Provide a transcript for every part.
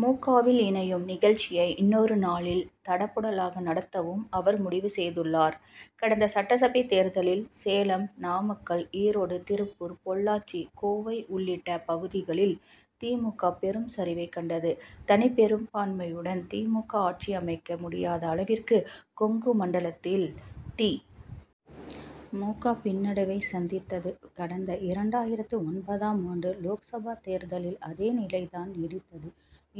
மு. க.,வில் இணையும் நிகழ்ச்சியை இன்னொரு நாளில் தடபுடலாக நடத்தவும் அவர் முடிவு செய்துள்ளார். கடந்த சட்டசபை தேர்தலில் சேலம், நாமக்கல், ஈரோடு, திருப்பூர், பொள்ளாச்சி, கோவை உள்ளிட்ட பகுதிகளில் தி. மு. க., பெரும் சரிவை கண்டது. தனிப்பெரும்பான்மையுடன் தி. மு. க., ஆட்சி அமைக்க முடியாத அளவிற்கு கொங்கு மண்டலத்தில் தி. மு. க., பின்னடைவை சந்தித்தது. கடந்த இரண்டாயிரத்து ஒன்பதாம் ஆண்டு லோக்சபா தேர்தலில் அதே நிலை தான் நீடித்தது.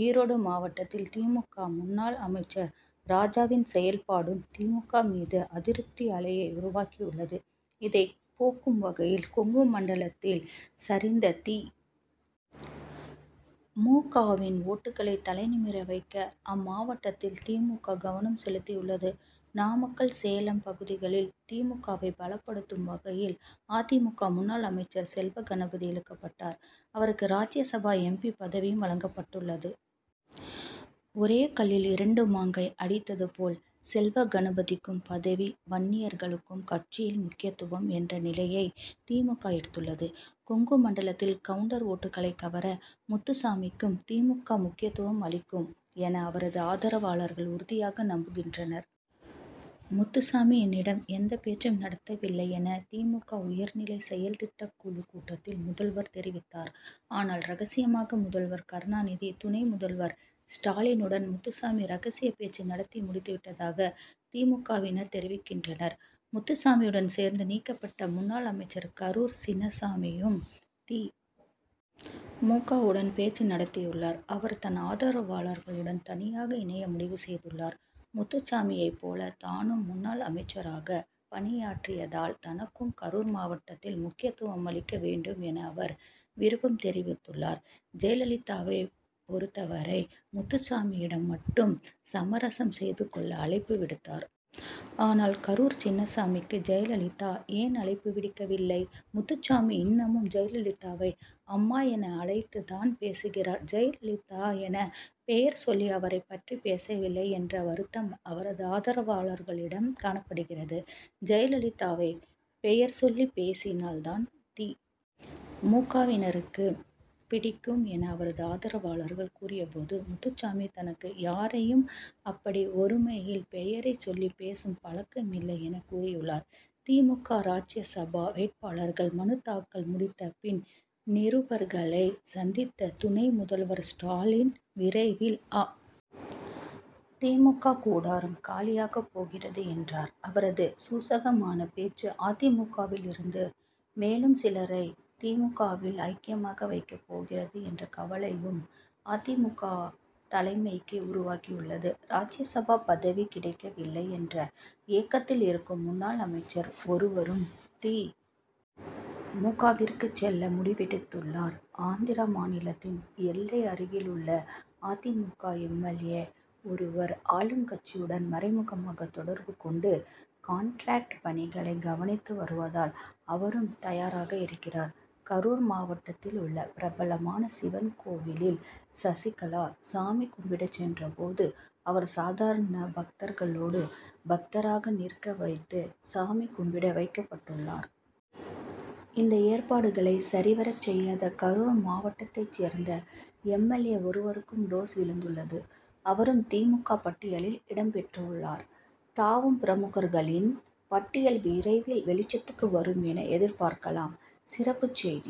ஈரோடு மாவட்டத்தில் தி. மு. க., முன்னாள் அமைச்சர் ராஜாவின் செயல்பாடும் தி. மு. க., மீது அதிருப்தி அலையை உருவாக்கியுள்ளது. இதை போக்கும் வகையில், கொங்கு மண்டலத்தில் சரிந்த தி. மு. க.,வின் ஓட்டுக்களை தலை நிமிர வைக்க அம் மாவட்டத்தில் தி. மு. க., கவனம் செலுத்தியுள்ளது. நாமக்கல், சேலம் பகுதிகளில் தி. மு. க.,வை பலப்படுத்தும் வகையில் அ. தி. மு. க., முன்னாள் அமைச்சர் செல்வகணபதி இழுக்கப்பட்டார். அவருக்கு ராஜ்யசபா எம். பி., பதவியும் வழங்கப்பட்டுள்ளது. ஒரே கல்லில் இரண்டு மாங்காய் அடித்தது போல் செல்வகணபதிக்கும் பதவி, வன்னியர்களுக்கும் கட்சியில் முக்கியத்துவம் என்ற நிலையை தி. மு. க., எடுத்துள்ளது. கொங்கு மண்டலத்தில் கவுண்டர் ஓட்டுக்களை கவர முத்துசாமிக்கும் தி. மு. க., முக்கியத்துவம் அளிக்கும் என அவரது ஆதரவாளர்கள் உறுதியாக நம்புகின்றனர். முத்துசாமி என்னிடம் எந்த பேச்சும் நடத்தவில்லை' என தி. மு. க., உயர்நிலை செயல்திட்டக் குழுக் கூட்டத்தில் முதல்வர் தெரிவித்தார். ஆனால், ரகசியமாக முதல்வர் கருணாநிதி, துணை முதல்வர் ஸ்டாலினுடன் முத்துசாமி ரகசிய பேச்சு நடத்தி முடித்து விட்டதாக தி. மு. க.,வினர் தெரிவிக்கின்றனர். முத்துசாமியுடன் சேர்ந்து நீக்கப்பட்ட முன்னாள் அமைச்சர் கரூர் சின்னசாமியும் தி. மு. க.,வுடன் பேச்சு நடத்தியுள்ளார். அவர் தன் ஆதரவாளர்களுடன் தனியாக இணைய முடிவு செய்துள்ளார். முத்துசாமியை போல தானும் முன்னாள் அமைச்சராக பணியாற்றியதால் தனக்கும் கரூர் மாவட்டத்தில் முக்கியத்துவம் அளிக்க வேண்டும் என அவர் விருப்பம் தெரிவித்துள்ளார். ஜெயலலிதாவை பொருத்தவரை, முத்துசாமியிடம் மட்டும் சமரசம் செய்துக் கொள்ள அழைப்பு விடுத்தார். ஆனால், கரூர் சின்னசாமிக்கு ஜெயலலிதா ஏன் அழைப்பு விடுக்கவில்லை. முத்துசாமி இன்னமும் ஜெயலலிதாவை அம்மா' என அழைத்து தான் பேசுகிறார். ஜெயலலிதா என பெயர் சொல்லி அவரை பற்றி பேசவில்லை என்ற வருத்தம் அவரது ஆதரவாளர்களிடம் காணப்படுகிறது. ஜெயலலிதாவை பெயர் சொல்லி பேசினால் தான் தி. மு. க.,வினருக்கு பிடிக்கும் என அவரது ஆதரவாளர்கள் கூறியபோது, முத்துசாமி தனக்கு யாரையும் அப்படி ஒருமையில் பெயரை சொல்லி பேசும் பழக்கம் இல்லை' எனக் கூறியுள்ளார். தி. மு. க., ராஜ்யசபா வேட்பாளர்கள் மனுத்தாக்கல் முடித்த பின் நிருபர்களை சந்தித்த துணை முதல்வர் ஸ்டாலின் விரைவில் அ. தி. மு. க., கூடாராம் காலியாகப் போகிறது' என்றார். அவரது சூசகமான பேச்சு, அ. தி. மு. க., விலிருந்து மேலும் சிலரை தி. மு. க.,வில் ஐக்கியமாக வைக்கப் போகிறது என்ற கவலையும் அ. தி. மு. க., தலைமைக்கு உருவாகியுள்ளது. ராஜ்யசபா பதவி கிடைக்க வில்லை என்ற ஏக்கத்தில் இருக்கும் முன்னாள் அமைச்சர் ஒருவரும் தி. மு. க.,விற்கு செல்ல முடிவெடுத்துள்ளார். ஆந்திரா மாநிலத்தின் எல்லை அருகில் உள்ள அ. தி. மு. க., எம். எல். ஏ., ஒருவர் ஆளுங்கட்சியுடன் மறைமுகமாக தொடர்பு கொண்டு கான்ட்ராக்ட் பணிகளை கவனித்து வருவதால் அவரும் தயாராக இருக்கிறார். கரூர் மாவட்டத்தில் உள்ள பிரபலமான சிவன் கோவிலில் சசிகலா சாமி கும்பிட சென்ற போது அவர் சாதாரண பக்தர்களோடு பக்தராக நிற்க வைத்து சாமி கும்பிட வைக்கப்பட்டுள்ளார். இந்த ஏற்பாடுகளை சரிவர செய்யாத கரூர் மாவட்டத்தை சேர்ந்த எம். எல். ஏ., ஒருவருக்கும் டோஸ்' விழுந்துள்ளது. அவரும் தி. மு. க., பட்டியலில் இடம் பெற்றுள்ளார். தாவும் பிரமுகர்களின் பட்டியல் விரைவில் வெளிச்சத்துக்கு வரும் என எதிர்பார்க்கலாம். சிறப்புச் செய்தி -